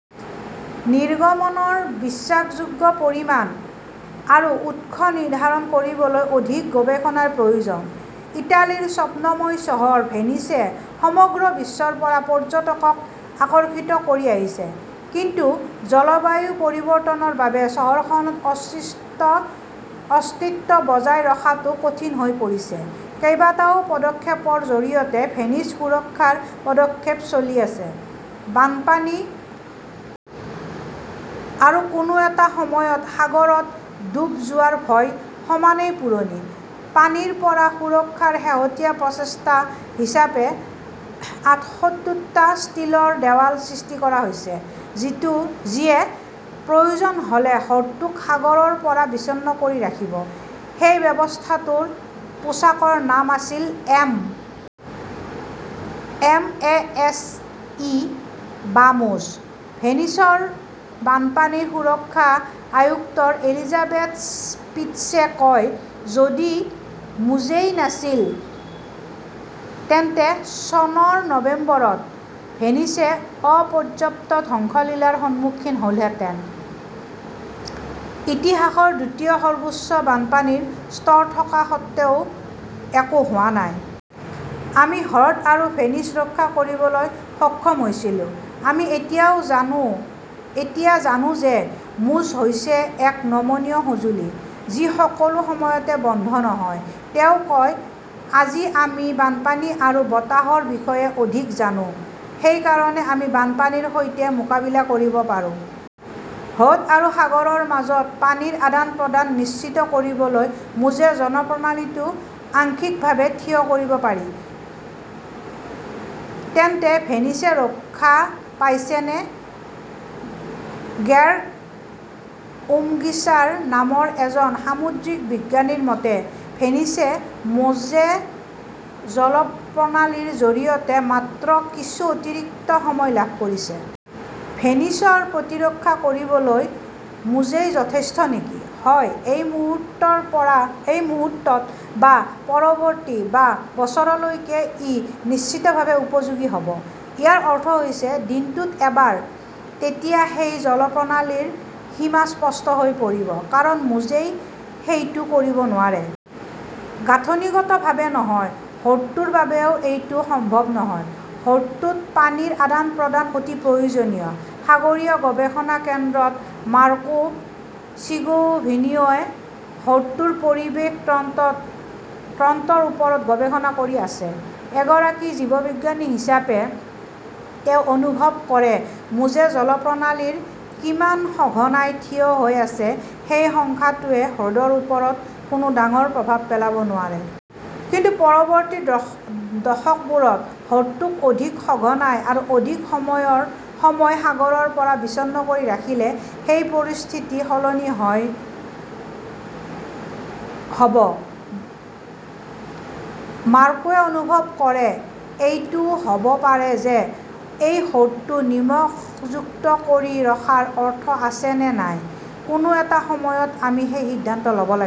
নিৰ্গমনৰ বিশ্বাসযোগ্য পৰিমাণ আৰু উৎস নিৰ্ধাৰণ কৰিবলৈ অধিক গৱেষণাৰ প্ৰয়োজন। ইটালীৰ স্বপ্নময় চহৰ ভেনিছে সমগ্ৰ বিশ্বৰ পৰা পৰ্যটকক আকৰ্ষিত কৰি আহিছে। কিন্তু জলবায়ু পৰিৱৰ্তনৰ বাবে চহৰখনৰ অস্তিত্ব বজাই ৰখাটো কঠিন হৈ পৰিছে। কেইবাটাও পদক্ষেপৰ জৰিয়তে ভেনিচৰ সুৰক্ষাৰ পদক্ষেপ চলি আছে। বানপানী আৰু কোনো এটা সময়ত সাগৰত ডুব যোৱাৰ ভয় সমানেই পুৰণি। পানীৰ পৰা সুৰক্ষাৰ শেহতীয়া প্ৰচেষ্টা হিচাপে আঠসত্তৰটা ষ্টীলৰ দেৱাল সৃষ্টি কৰা হৈছে, যিয়ে প্ৰয়োজন হ'লে হ্ৰদটোক সাগৰৰ পৰা বিচ্ছিন্ন কৰি ৰাখিব। সেই ব্যৱস্থাটোৰ পোচাকৰ নাম আছিল এম. অ'. এছ. ই. বা মোজ। ভেনিচৰ বানপানী সুৰক্ষা আয়ুক্ত এলিজাবেথ স্পিটছে কয়, যদি মোজেই নাছিল তেন্তে চনৰ নৱেম্বৰত ভেনিছে অপৰ্যাপ্ত ধ্বংসলীলাৰ সন্মুখীন হ'লহেঁতেন। ইতিহাসৰ দ্বিতীয় সৰ্বোচ্চ বানপানীৰ স্তৰ থকা স্বত্বেও একো হোৱা নাই। আমি হ্ৰদ আৰু ভেনিচ ৰক্ষা কৰিবলৈ সক্ষম হৈছিলো। আমি এতিয়া জানো যে মোজ হৈছে এক নমনীয় সঁজুলি, যি সকলো সময়তে বন্ধ নহয়, তেওঁ কয়। আজি আমি বানপানী আৰু বতাহৰ বিষয়ে অধিক জানো। সেই কাৰণেই আমি বানপানীৰ সৈতে মোকাবিলা কৰিব পাৰোঁ। হ্ৰদ আৰু সাগৰৰ মাজত পানীৰ আদান-প্ৰদান নিশ্চিত কৰিবলৈ মোজে জলপ্ৰণালীটো আংশিকভাৱে থিয় কৰিব পাৰি। তেন্তে ভেনিছে ৰক্ষা পাইছেনে? গেৰ্গ উমগিছাৰ নামৰ এজন সামুদ্ৰিক বিজ্ঞানীৰ মতে, ভেনিছে মোজে জলপ্ৰণালীৰ জৰিয়তে মাত্ৰ কিছু অতিৰিক্ত সময় লাভ কৰিছে। ভেনিচৰ প্ৰতিৰক্ষা কৰিবলৈ মোজেই যথেষ্ট নেকি? হয়, এই মুহূৰ্তত বা পৰৱৰ্তী বা বছৰলৈকে ই নিশ্চিতভাৱে উপযোগী হ 'ব। ইয়াৰ অৰ্থ হৈছে দিনটোত এবাৰ। তেতিয়া সেই জলপ্ৰণালীৰ সীমা স্পষ্ট হৈ পৰিব। কাৰণ মোজেই সেইটো কৰিব নোৱাৰে। গাঁথনিগতভাৱে নহয়, হ্ৰদটোৰ বাবেও এইটো সম্ভৱ নহ'ব। হ্ৰদটোত পানীৰ আদান-প্ৰদান অতি প্ৰয়োজনীয়। সাগৰীয় গৱেষণা কেন্দ্ৰত মাৰ্কো চিগোভিনিওৱে হ্ৰদটোৰ পৰিৱেশ তন্ত্ৰৰ ওপৰত গৱেষণা কৰি আছে। এগৰাকী জীৱবিজ্ঞানী হিচাপে তেওঁ অনুভৱ কৰে, মোজে জলপ্ৰণালী কিমান সঘনাই থিয় হৈ আছে, সেই সংখ্যাটোৱে হ্ৰদটোৰ ওপৰত কোনো ডাঙৰ প্ৰভাৱ পেলাব নোৱাৰে। কিন্তু পৰৱৰ্তী দশকবোৰত হ্ৰদটোক অধিক সঘনাই আৰু অধিক সময় সাগৰৰ পৰা বিচ্ছিন্ন কৰি ৰাখিলে সেই পৰিস্থিতি সলনি হ 'ব। মাৰ্কোৱে অনুভৱ কৰে, এইটোও হ'ব পাৰে যে এই হ্ৰদটো নিমখযুক্ত কৰি ৰখাৰ অৰ্থ আছে নে নাই, কোনো এটা সময়ত আমি সেই সিদ্ধান্ত ল'ব লাগিব।